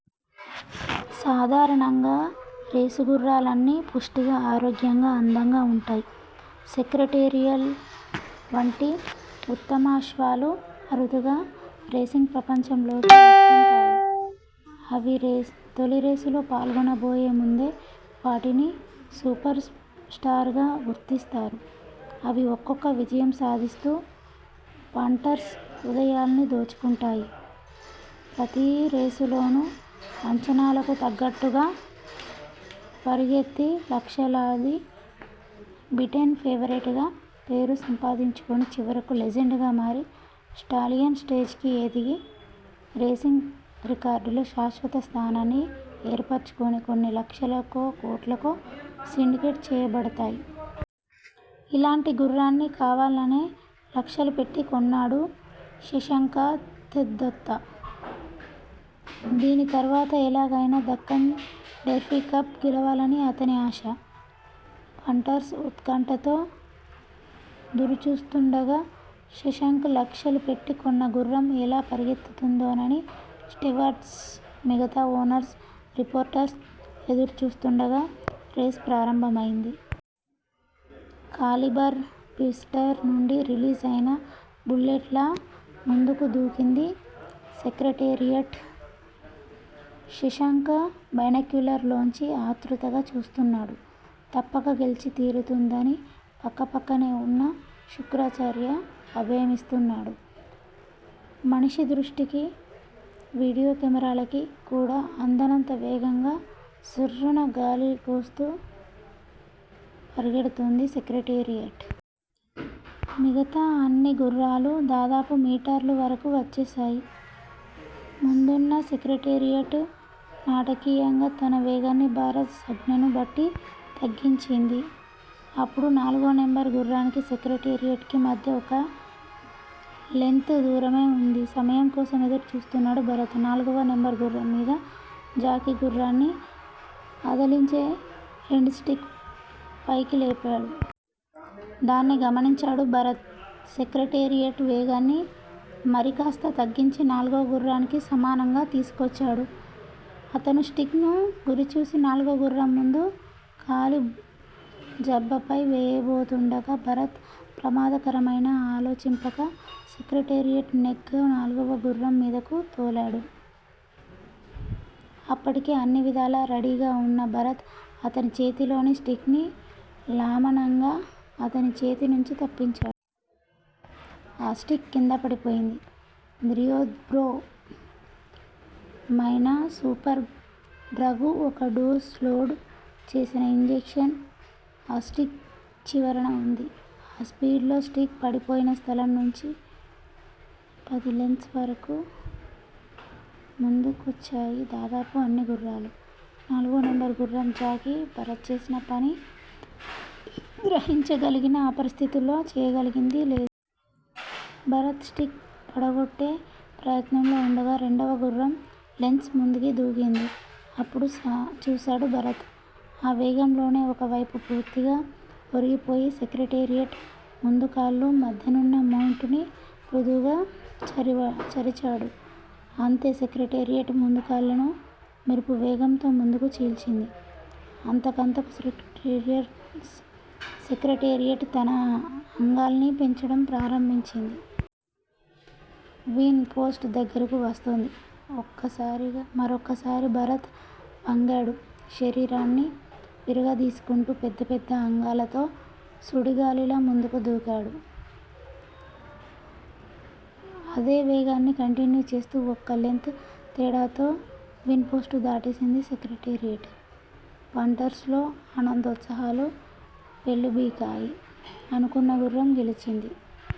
సాధారణంగా రేసుగుర్రాలన్నీ పుష్టిగా, ఆరోగ్యంగా, అందంగా ఉంటాయి. సెక్రెటేరియట్ వంటి ఉత్తమాశ్వాలు అరుదుగా రేసింగ్ ప్రపంచంలోకి వస్తుంటాయి. అవి తొలిరేసులో పాల్గొనబోయే ముందే వాటిని సూపర్ స్టార్స్ గా గుర్తిస్తారు, అవి ఒక్కొక్క విజయం సాదిస్తూ పంటర్స్ హృదయాల్ని దోచుకుంటాయి. ప్రతి రేసులోనూ అంచనాలకు తగ్గట్టుగా పరిగెత్తి లక్షలాడి బీటెన్ ఫేవరేట్ గా పేరు సంపాదించుకొని చివరకు లెజెండ్ గా మారి స్టాలియన్ స్టేజ్ కి ఎదిగి రేసింగ్ రికార్డ్సులో శాశ్వత స్థానాన్ని ఏర్పరచుకొని కొన్ని లక్షలకో, కోట్లకో సిండికేట్ చేయబడతాయి. ఇలాంటి గుర్రాన్ని కావాలనే లక్షలు పెట్టి కొన్నాడు శశాంక తేజ్ దత్త. దీని ద్వారా ఎలాగయినా దక్కన్ డెర్బీ కప్ గెలవాలని అతని ఆశ. పంటర్స్ ఉత్కంఠతో దురుచూస్తుండగా, శశాంక లక్షలు పెట్టి కొన్న గుర్రం ఎలా పరుగెత్తుతుందోనని స్టేవార్ట్స్, మిగతా ఓనర్స్ రిపోర్టర్స్ ఎదురుచూస్తుండగా రేస్ ప్రారంభమయింది. కాలిబర్ పిస్టర్ నుండి రిలీజ్ అయిన బుల్లెట్ లా ముందుకు దూకింది సెక్రెటేరియట్, శశాంక బైనాక్యులర్ లోంచి ఆతృతగా చూస్తున్నాడు. తప్పక గెల్చి తీరుతుందని పక్కపక్కనే ఉన్న శుక్రాచార్య అభయమిస్తున్నాడు. మనిషి దృష్టికి, వీడియో కెమేరాలకి కూడా అందనంత వేగంగా సర్రున గాలిని కోస్తూ పరుగెడుతోంది సెక్రటేరియట్. మిగతా అన్ని గుర్రాలు దాదాపు మీటర్సు వరకు వచ్చేశాయి. ముందున్న సెక్రటేరియట్ నాటకీయంగా తన వేగాన్ని భరత్ సంజ్ఞను బట్టి తగ్గించింది. అప్పుడు నాలుగో నెంబర్ గుర్రానికి సెక్రెటేరియట్ కీ మధ్య ఒక లెంత్ దూరమే ఉంది. సమయం కోసం ఎదురు చూస్తున్నాడు భరత్. నాల్గవ నెంబరు గుర్రం మీదున్న జాకీ గుర్రాన్ని అదలించే హేండ్ స్టిక్ ని పైకి లేపాడు. దాన్ని గమనించాడు భరత్. సెక్రెటేరియట్ వేగాన్ని మరికాస్త తగ్గించి నాల్గవ గుర్రానికి సమానంగా తీసుకొచ్చాడు. అతను స్టిక్ ను గురిచూసి నాల్గవ గుర్రం ముందు కాలి జబ్బపై వేయబోతుండగా భరత్ ప్రమాదకరమయినా ఆలోచింపక సెక్రెటేరియట్ నేక్ గా నాల్గవ గుర్రం మీదకు తోలాడు, అప్పటికే అన్నివిధాల రడీగా ఉన్న భరత్ అతని చేతిలోని స్టిక్ ని లామవంగా అతని చేతి నుంచి తప్పించాడు. ఆ స్టిక్ కిందపడిపోయింది. ద్రియోబ్రో మైన సూపర్ డ్రగు ఒక డోస్ లోడ్ చేసిన ఇంజెక్షన్ ఆ స్టిక్ చివరన ఉంది. ఆ స్పీడ్ లో స్టిక్ పడిపోయిన స్థలం నుంచి పది లెంత్స్ ముందు కొచ్చాయి దాదాపు అన్ని గుర్రాలు. నాల్గవ నెంబర్ గుర్రం జాకీ భరత్ చేసిన పని గ్రహించగలిగినా ఆ పరిస్థితుల్లో చేయగలిగింది లేదు. భరత్ స్టిక్ పడగొట్టే ప్రయత్నంలో ఉండగా రెండవ గుర్రం లెంత్స్ ముందుకి దూకింది. అప్పుడు చూసాడు భరత్. ఆ వేగంలోనే ఓ వేపు పూర్తిగా ఒరిగిపోయి సెక్రెటేరియట్ ముందుకాళ్ళుమధ్యనున్న మౌంట్ ని మృదువుగా చరిచాడు, అంతే సెక్రటేరియట్ ముందుకాళ్ళను మెరుపువేగంతో ముందుకు చీల్చింది. అంతకంతకు సెక్రటేరియట్ తన అంగల్ని పెంచటం ప్రారంభించింది. విన్ పోస్ట్ దగ్గరకు వస్తోంది. మరొక్కసారి భరత్ వంగాడు. శరీరాన్ని విరగదీసుకుంటూ పెద్ద పెద్ద అంగలతో సుడిగాలిలా ముందుకు దూకింది. అదే వేగాన్ని కంటిన్యూ చేస్తూ ఒక్క లెంత్ తేడాతో విన్ పోస్టు దాటేసింది సెక్రటేరియట్. పంటర్స్ లో ఆనందోత్సాహాలు పెల్లుబికాయి. అనుకున్న గుర్రం గెలిచింది.